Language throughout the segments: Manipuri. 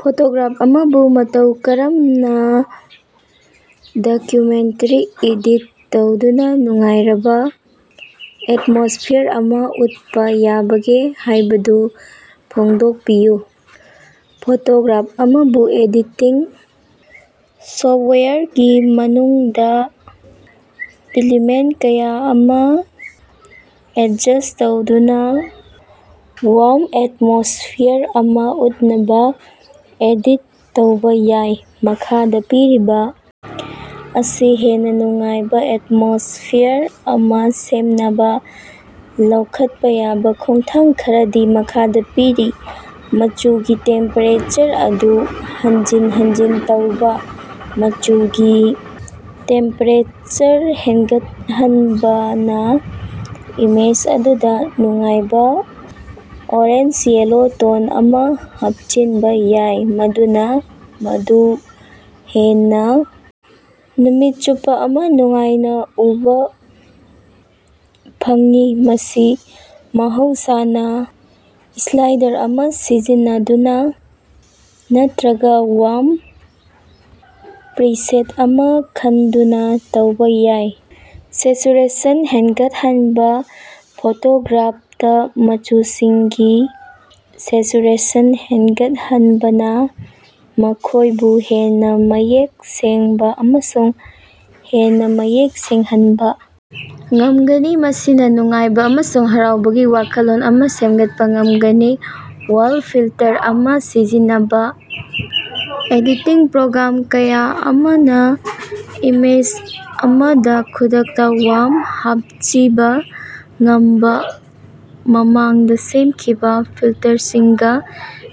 ꯐꯣꯇꯣꯒ꯭ꯔꯥꯐ ꯑꯃꯕꯨ ꯃꯇꯧ ꯀꯔꯝꯅ ꯗꯀꯨꯃꯦꯟꯇꯥꯔꯤ ꯏꯗꯤꯠ ꯇꯧꯗꯨꯅ ꯅꯨꯡꯉꯥꯏꯔꯕ ꯑꯦꯠꯃꯣꯁꯐꯤꯌꯥꯔ ꯑꯃ ꯎꯠꯄ ꯌꯥꯕꯒꯦ ꯍꯥꯏꯕꯗꯨ ꯐꯣꯡꯗꯣꯛꯄꯤꯌꯨ꯫ ꯐꯣꯇꯣꯒ꯭ꯔꯥꯐ ꯑꯃꯕꯨ ꯑꯦꯗꯤꯇꯤꯡ ꯁꯣꯐꯇꯋꯥꯌꯔꯒꯤ ꯃꯅꯨꯡꯗ ꯏꯂꯤꯃꯦꯟꯇ ꯀꯌꯥ ꯑꯃ ꯑꯦꯗꯖꯁ꯭ꯠ ꯇꯧꯗꯨꯅ ꯋꯥ꯭ꯔꯝ ꯑꯦꯇꯃꯣꯁꯐꯤꯌꯥꯔ ꯑꯃ ꯎꯠꯅꯕ ꯑꯦꯗꯤꯠ ꯇꯧꯕ ꯌꯥꯏ꯫ ꯃꯈꯥꯗ ꯄꯤꯔꯤꯕ ꯑꯁꯤ ꯍꯦꯟꯅ ꯅꯨꯡꯉꯥꯏꯕ ꯑꯦꯠꯃꯣꯁꯐꯤꯌꯥꯔ ꯑꯃ ꯁꯦꯝꯅꯕ ꯂꯧꯈꯠꯄ ꯌꯥꯕ ꯈꯣꯡꯊꯥꯡ ꯈꯔꯗꯤ ꯃꯈꯥꯗ ꯄꯤꯔꯤ - ꯃꯆꯨꯒꯤ ꯇꯦꯝꯄꯦꯔꯦꯆꯔ ꯑꯗꯨ ꯍꯟꯖꯤꯟ ꯍꯟꯖꯤꯟ ꯇꯧꯕ -ꯃꯆꯨꯒꯤ ꯇꯦꯝꯄꯦꯔꯦꯆꯔ ꯍꯦꯟꯒꯠꯍꯟꯕꯅ ꯏꯃꯦꯖ ꯑꯗꯨꯗ ꯅꯨꯡꯉꯥꯏꯕ, ꯑꯣꯔꯦꯟꯖ-ꯌꯦꯂꯣ ꯇꯣꯟ ꯑꯃ ꯍꯥꯞꯆꯤꯟꯕ ꯌꯥꯏ, ꯃꯗꯨꯅ ꯃꯗꯨ ꯍꯦꯟꯅ ꯅꯨꯃꯤꯠ ꯆꯨꯞꯄ ꯑꯃ ꯅꯨꯡꯉꯥꯏꯅ ꯎꯕꯥ ꯐꯪꯏ꯫ ꯃꯁꯤ ꯃꯍꯧꯁꯥꯅ ꯁ꯭ꯂꯥꯏꯗꯔ ꯑꯃ ꯁꯤꯖꯤꯟꯅꯗꯨꯅ ꯅꯠꯇꯔꯒ ꯋꯥꯔꯝ ꯄ꯭ꯔꯤꯁꯦꯠ ꯑꯃ ꯈꯟꯗꯨꯅ ꯇꯧꯕ ꯌꯥꯏ꯫ ꯁꯦꯆꯨꯔꯦꯁꯟ ꯍꯦꯟꯒꯠꯍꯟꯕ - ꯐꯣꯇꯣꯒ꯭ꯔꯥꯐꯇꯥ ꯃꯆꯨꯁꯤꯡꯒꯤ ꯁꯦꯆꯨꯔꯦꯁꯟ ꯍꯦꯟꯒꯠꯍꯟꯕꯅ ꯃꯈꯣꯏꯕꯨ ꯍꯦꯟꯅ ꯃꯌꯦꯛ ꯁꯦꯡꯕ ꯑꯃꯁꯨꯡ ꯍꯦꯟꯅ ꯃꯌꯦꯛ ꯁꯦꯡꯍꯟꯕ ꯉꯝꯒꯅꯤ, ꯃꯁꯤꯅ ꯅꯨꯡꯉꯥꯏꯕ ꯑꯃꯁꯨꯡ ꯍꯔꯥꯎꯕꯒꯤ ꯋꯥꯈꯜꯂꯣꯟ ꯑꯃ ꯁꯦꯝꯒꯠꯄ ꯉꯝꯒꯅꯤ꯫ ꯋꯥꯔꯝ ꯐꯤꯜꯇꯔ ꯑꯃ ꯁꯤꯖꯤꯟꯅꯕ - ꯑꯦꯗꯤꯇꯤꯡ ꯄ꯭ꯔꯣꯒ꯭ꯔꯥꯝ ꯀꯌꯥ ꯑꯃꯅ ꯏꯃꯦꯖ ꯑꯃꯗ ꯈꯨꯗꯛꯇ ꯋꯥꯔꯝ ꯍꯥꯞꯆꯤꯕ ꯉꯝꯕ ꯃꯃꯥꯡꯗ ꯁꯦꯝꯈꯤꯕ ꯐꯤꯜꯇꯔꯁꯤꯡꯒ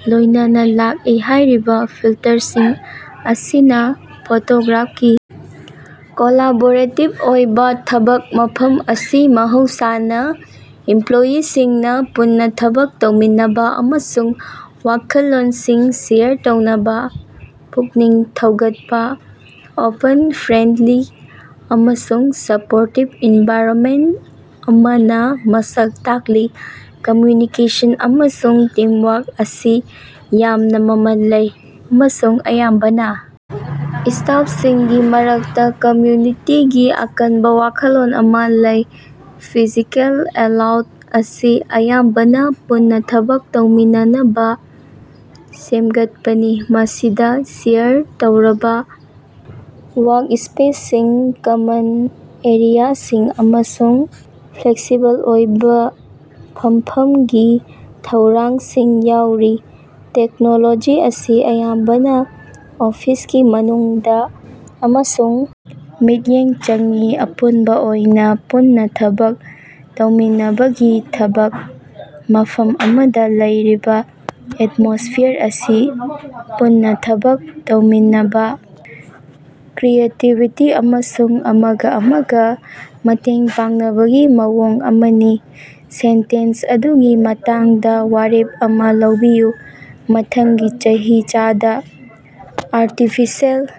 ꯂꯣꯏꯅꯅ ꯂꯥꯛꯏ꯫ ꯍꯥꯏꯔꯤꯕ ꯐꯤꯜꯇꯔꯁꯤꯡ ꯑꯁꯤꯅ ꯐꯣꯇꯣꯒ꯭ꯔꯥꯐꯀꯤ ꯀꯣꯂꯥꯕꯣꯔꯦꯇꯤꯕ ꯑꯣꯏꯕ ꯊꯕꯛ ꯃꯐꯝ ꯑꯁꯤ ꯃꯍꯧꯁꯥꯅ ꯏꯝꯄ꯭ꯂꯣꯌꯤꯁꯤꯡꯅ ꯄꯨꯟꯅ ꯊꯕꯛ ꯇꯧꯃꯤꯟꯅꯅꯕ ꯑꯃꯁꯨꯡ ꯋꯥꯈꯜꯂꯣꯟꯁꯤꯡ ꯁꯦꯌꯔ ꯇꯧꯅꯕ ꯄꯨꯛꯅꯤꯡ ꯊꯧꯒꯠꯄ ꯑꯣꯄꯟ, ꯐ꯭ꯔꯦꯟꯗꯂꯤ ꯑꯃꯁꯨꯡ ꯁꯄꯣꯔꯇꯤꯕ ꯑꯦꯟꯚꯥꯏꯔꯟꯃꯦꯟꯇ ꯑꯃꯅ ꯃꯁꯛ ꯇꯥꯛꯂꯤ꯫ ꯀꯝꯃ꯭ꯌꯨꯅꯤꯀꯦꯁꯟ ꯑꯃꯁꯨꯡ ꯇꯤꯝꯋꯥꯔꯛ ꯑꯁꯤ ꯌꯥꯝꯅ ꯃꯃꯜ ꯂꯩ, ꯑꯃꯁꯨꯡ ꯑꯌꯥꯝꯕꯅ ꯁ꯭ꯇꯥꯐꯁꯤꯡꯒꯤ ꯃꯔꯛꯇ ꯀꯝꯃ꯭ꯌꯨꯅꯤꯇꯤꯒꯤ ꯑꯀꯟꯕ ꯋꯥꯈꯜꯂꯣꯟ ꯑꯃ ꯂꯩ꯫ ꯐꯤꯖꯤꯀꯦꯜ ꯂꯦꯑꯥꯎꯠ ꯑꯁꯤ ꯑꯌꯥꯝꯕꯅ ꯄꯨꯟꯅ ꯊꯕꯛ ꯇꯧꯃꯤꯟꯅꯅꯕ ꯁꯦꯝꯒꯠꯄꯅꯤ, ꯃꯁꯤꯗ ꯁꯦꯌꯔ ꯇꯧꯔꯕ ꯋꯥꯔꯛꯁ꯭ꯄꯦꯁꯁꯤꯡ, ꯀꯃꯟ ꯑꯦꯔꯤꯌꯥꯁꯤꯡ, ꯑꯃꯁꯨꯡ ꯐ꯭ꯂꯦꯛꯁꯤꯕꯜ ꯑꯣꯏꯕ ꯐꯝꯐꯝꯒꯤ ꯊꯧꯔꯥꯡꯁꯤꯡ ꯌꯥꯎꯔꯤ꯫ ꯇꯦꯛꯅꯣꯂꯣꯖꯤ ꯑꯁꯤ ꯑꯌꯥꯝꯕꯅ ꯑꯣꯐꯤꯁꯀꯤ ꯃꯅꯨꯡꯗ ꯑꯃꯁꯨꯡ ꯃꯤꯠꯌꯦꯡ ꯆꯪꯏ꯫ ꯑꯄꯨꯟꯕ ꯑꯣꯏꯅ, ꯄꯨꯟꯅ ꯊꯕꯛ ꯇꯧꯃꯤꯟꯅꯕꯒꯤ ꯊꯕꯛ ꯃꯐꯝ ꯑꯃꯗ ꯂꯩꯔꯤꯕ ꯑꯦꯠꯃꯣꯁ꯭ꯐꯤꯌꯥꯔ ꯑꯁꯤ ꯄꯨꯟꯅ ꯊꯕꯛ ꯇꯧꯃꯤꯟꯅꯕ, ꯀ꯭ꯔꯤꯌꯦꯇꯤꯕꯤꯇꯤ ꯑꯃꯁꯨꯡ ꯑꯃꯒ ꯑꯃꯒ ꯃꯇꯦꯡ ꯄꯥꯡꯅꯕꯒꯤ ꯃꯑꯣꯡ ꯑꯃꯅꯤ꯫ ꯁꯦꯟꯇꯦꯟꯁ ꯑꯗꯨꯒꯤ ꯃꯇꯥꯡꯗ ꯋꯥꯔꯦꯞ ꯑꯃ ꯂꯧꯕꯤꯌꯨ꯫ ꯃꯊꯪꯒꯤ ꯆꯍꯤꯆꯥꯗ ꯑꯥꯔꯇꯤꯐꯤꯁꯤꯑꯦꯜ